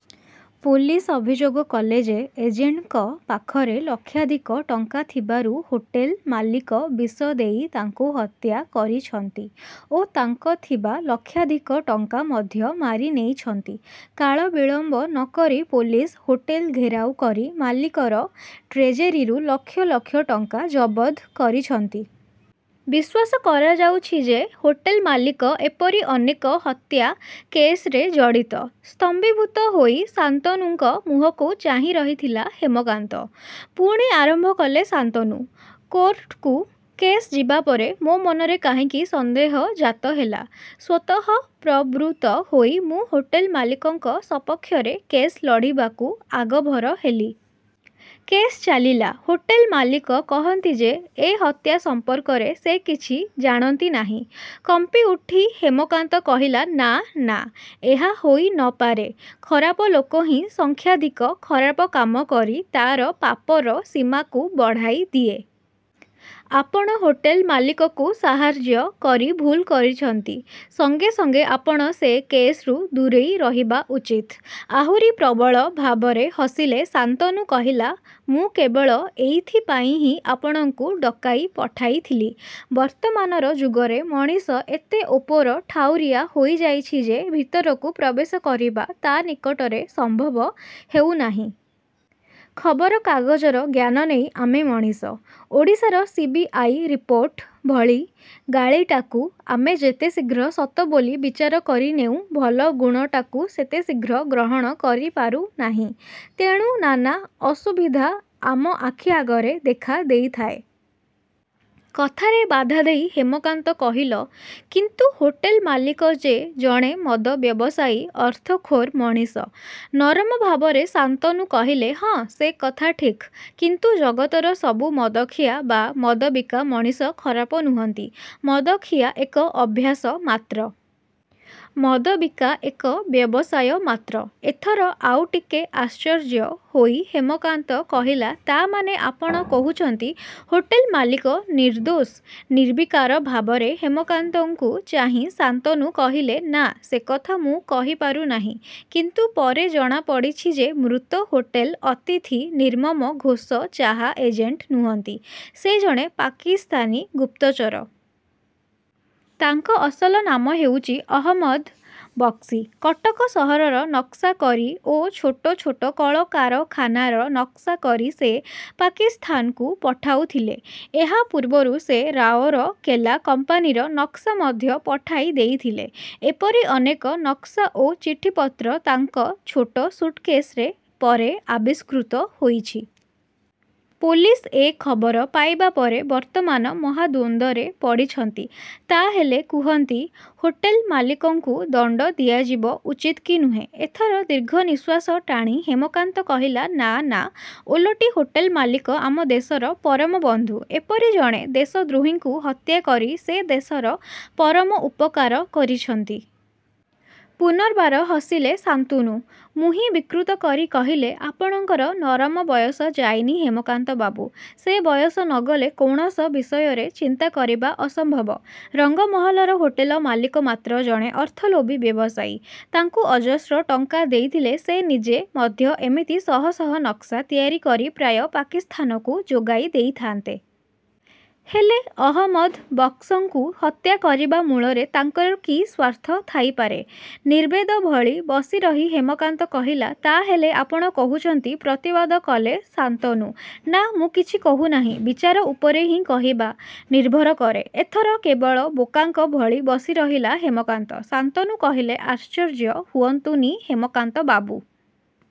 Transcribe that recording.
Police ଅଭିଯୋଗ କଲେ ଯେ ଏଜେଣ୍ଟଙ୍କ ପାଖରେ ଲକ୍ଷାଧିକ ଟଙ୍କା ଥିବାରୁ ହୋଟେଲ ମାଲିକ ବିଷ ଦେଇ ତାଙ୍କୁ ହତ୍ୟା। କରିଛନ୍ତି ଓ ତାଙ୍କ ଥିବା ଲକ୍ଷାଧିକ ଟଙ୍କା ମଧ୍ୟ ମାରି ନେଇଛନ୍ତି। କାଳ ବିଳମ୍ବ ନ କରି ପୋଲିସ ହୋଟେଲ ଘେରାଉ କରି, ମାଲିକର ଟ୍ରେଜେରୀରୁ ଲକ୍ଷ ଲକ୍ଷ ଟଙ୍କା ଜବତ୍ କରିଛନ୍ତି। ବିଶ୍ୱାସ କରା ଯାଉଛି ଯେ ହୋଟେଲ୍ ମାଲିକ ଏପରି ଅନେକ ହତ୍ୟା କେସ୍ରେ ଜଡ଼ିତ। ସ୍ତମ୍ଭୀଭୂତ ହୋଇ ଶାନ୍ତନୁଙ୍କ ମୁହକୁ ଚାହିଁ ରହିଥିଲା ହେମକାନ୍ତ। ପୁଣି ଆରମ୍ଭ କଲେ ଶାନ୍ତନୁ କୋର୍ଟକୁ କେସ୍ ଯିବାପରେ ମୋ ମନରେ କାହିଁକି ସନ୍ଦେହ ଜାତ ହେଲା। ସ୍ୱତଃପ୍ରବୃତ୍ତ ହୋଇ ମୁଁ ହୋଟେଲ ମାଲିକଙ୍କ ସପକ୍ଷରେ କେସ୍ ଲଢ଼ିବାକୁ ଆଗଭର ହେଲି। କେସ୍ ଚାଲିଲା। ହୋଟେଲ ମାଲିକ କହନ୍ତି ଯେଏ ହତ୍ୟା ସମ୍ପର୍କରେ ସେ କିଛି ଜାଣନ୍ତି ନାହିଁ। କମ୍ପି ଉଠି ହେମକାନ୍ତ କହିଲାନାଁ ନାଁ ଏହା ହୋଇ ନ ପାରେ। ଖରାପ ଲୋକ ହିଁ ସଂଖ୍ୟାଧିକ ଖରାପ କାମ କରି ତା'ର ପାପର ସୀମାକୁ ବଢ଼ାଇ ଦିଏ। ଆପଣ ହୋଟେଲ ମାଲିକକୁ ସାହାର୍ଯ୍ୟ କରି ଭୁଲ୍ କରିଛନ୍ତି। ସଙ୍ଗେ ସଙ୍ଗେ ଆପଣ ସେ କେସ୍ରୁ ଦୂରେଇ ରହିବା ଉଚିତ। ଆହୁରି ପ୍ରବଳ ଭାବରେ ହସିଲେ ଶାନ୍ତନୁ କହିଲା ମୁଁ କେବଳ ଏଇଥିପାଇଁ ହିଁ ଆପଣଙ୍କୁ ଡ଼କାଇ ପଠାଇ ଥିଲି। ବର୍ତ୍ତମାନର ଯୁଗରେ ମଣିଷ ଏତେ ଓପର ଠାଉରିଆ ହୋଇଯାଇଛି ଯେ ଭିତରକୁ ପ୍ରବେଶ କରିବା ତା ନିକଟରେ ସମ୍ଭବ ହେଉନାହିଁ। ଖବରକାଗଜର ଜ୍ଞାନ ନେଇ ଆମେ ମଣିଷ। ଓଡ଼ିଶାର ସି. ବି. ଆଇ ରିପୋର୍ଟ ଭଳି ଗାଳିଟାକୁ ଆମେ ଯେତେ ଶୀଘ୍ର ସତ ବୋଲି ବିଚାର କରି ନେଉ ଭଲ ଗୁଣଟାକୁ ସେତେ ଶୀଘ୍ର ଗ୍ରହଣ କରିପାରୁ ନାହିଁ। ତେଣୁ ନାନା ଅସୁବିଧା ଆମ ଆଖି ଆଗରେ ଦେଖା ଦେଇଥାଏ। କଥାରେ ବାଧା ଦେଇ ହେମକାନ୍ତ କହିଲ କିନ୍ତୁ ହୋଟେଲ ମାଲିକ ଯେ ଜଣେ ମଦ ବ୍ୟବସାୟୀ ଅର୍ଥଖୋର ମଣିଷ। ନରମ ଭାବରେ ଶାନ୍ତନୁ କହିଲେ ହଁ ସେ କଥା ଠିକ୍। କିନ୍ତୁ ଜଗତର ସବୁ ମଦଖିଆ ବା ମଦ ବିକା ମଣିଷ ଖରାପ ନୁହଁନ୍ତି। ମଦଖିଆ ଏକ ଅଭ୍ୟାସ ମାତ୍ର। ମଦ ବିକା ଏକ ବ୍ୟବସାୟ ମାତ୍ର। ଏଥର ଆଉ ଟିକେ ଆଶ୍ଚର୍ଯ୍ୟ ହୋଇ ହେମକାନ୍ତ କହିଲା ତା'ମାନେ ଆପଣ କହୁଛନ୍ତି ହୋଟେଲ ମାଲିକ ନିର୍ଦ୍ଦୋଷ? ନିର୍ବିକାର ଭାବରେ ହେମକାନ୍ତଙ୍କୁ ଚାହିଁ ଶାନ୍ତନୁ କହିଲେ ନାଁ ।ସେ କଥା ମୁଁ କହି ପାରୁନାହିଁ। କିନ୍ତୁ ପରେ ଜଣାପଡ଼ିଛି ଯେ ମୃତ ହୋଟେଲ ଅତିଥି ନିର୍ମମ ଘୋଷ ଚାହା ଏଜେଣ୍ଟ ନୁହଁନ୍ତି, ସେ ଜଣେ ପାକସ୍ଥାନୀ ଗୁପ୍ତଚର। ତାଙ୍କ ଅସଲ ନାମ ହେଉଛି ଅହମଦ୍ ବକ୍ସି। କଟକ ସହରର ନକ୍ସା କରି ଓ ଛୋଟ ଛୋଟ କଳ କାରଖାନାର ନକ୍ସା କରି ସେ ପାକିସ୍ଥାନକୁ ପଠାଉଥିଲେ। ଏହା ପୂର୍ବରୁ ସେ ରାଓରକେଲା କମ୍ପାନୀର ନକ୍ସା ମଧ୍ୟ ପଠାଇ ଦେଇଥିଲେ। ଏପରି ଅନେକ ନକ୍ସା ଓ ଚିଠିପତ୍ର ତାଙ୍କ ଛୋଟ ସୁଟ୍କେଶରେ ପରେ ଆବିଷ୍କୃତ ହୋଇଛି। ପୋଲିସ୍ଏ ଖବର ପାଇବା ପରେ ବର୍ତ୍ତମାନ ମହାଦ୍ୱନ୍ଦରେ ପଡ଼ିଛନ୍ତି। ତା'ହେଲେ କୁହନ୍ତି ହୋଟେଲ ମାଲିକଙ୍କୁ ଦଣ୍ଡ ଦିଆଯିବ ଉଚିତ କି ନୁହେଁ। ଏଥର ଦୀର୍ଘନିଃଶ୍ୱାସ ଟାଣି ହେମକାନ୍ତ କହିଲା ନାଁ ନାଁ ଓଲଟି ହୋଟେଲ ମାଲିକ ଆମ ଦେଶର ପରମ ବନ୍ଧୁ। ଏପରି ଜଣେ ଦେଶଦ୍ରୋହୀଙ୍କୁ ହତ୍ୟା କରି ସେ ଦେଶର ପରମ ଉପକାର କରିଛନ୍ତି। ପୁନର୍ବାର ହସିଲେ ଶାନ୍ତୁନୁ ମୁହିଁ ବିକୃତ କରି କହିଲେ ଆପଣଙ୍କର ନରମ ବୟସ ଯାଇନି ହେମକାନ୍ତ ବାବୁ। ସେ ବୟସ ନ ଗଲେ କୌଣସ ବିଷୟରେ ଚିନ୍ତା କରିବା ଅସମ୍ଭବ। ରଙ୍ଗମହଲର ହୋଟେଲ ମାଲିକ ମାତ୍ର ଜଣେ ଅର୍ଥଲୋଭୀ ବ୍ୟବସାୟୀ। ତାଙ୍କୁ ଅଜସ୍ର ଟଙ୍କା ଦେଇଥିଲେ ସେ ନିଜେ ମଧ୍ୟ ଏମିତି ଶହ ଶହ ନକ୍ସା ତିଆରି କରି ପ୍ରାୟ ପାକିସ୍ଥାନକୁ ଯୋଗାଇ ଦେଇଥାନ୍ତେ। ହେଲେ ଅହମଦ୍ ବକ୍ସଙ୍କୁ ହତ୍ୟା କରିବା ମୂଳରେ ତାଙ୍କର କି ସ୍ୱାର୍ଥ ଥାଇପାରେ? ନିର୍ବେଦ ଭଳି ବସିରହି ହେମକାନ୍ତ କହିଲା ତା'ହେଲେ ଆପଣ କହୁଛନ୍ତି ପ୍ରତିବାଦ କଲେ ଶାନ୍ତନୁ ନା ମୁଁ କିଛି କହୁନାହିଁ। ବିଚାର ଉପରେ ହିଁ କହିବା। ନିର୍ଭର କରେ। ଏଥର କେବଳ ବୋକାଙ୍କ ଭଳି ବସିରହିଲା ହେମକାନ୍ତ। ଶାନ୍ତନୁ କହିଲେ ଆଶ୍ଚର୍ଯ୍ୟ ହୁଅନ୍ତୁ ନି ହେମକାନ୍ତୁ ବାବୁ।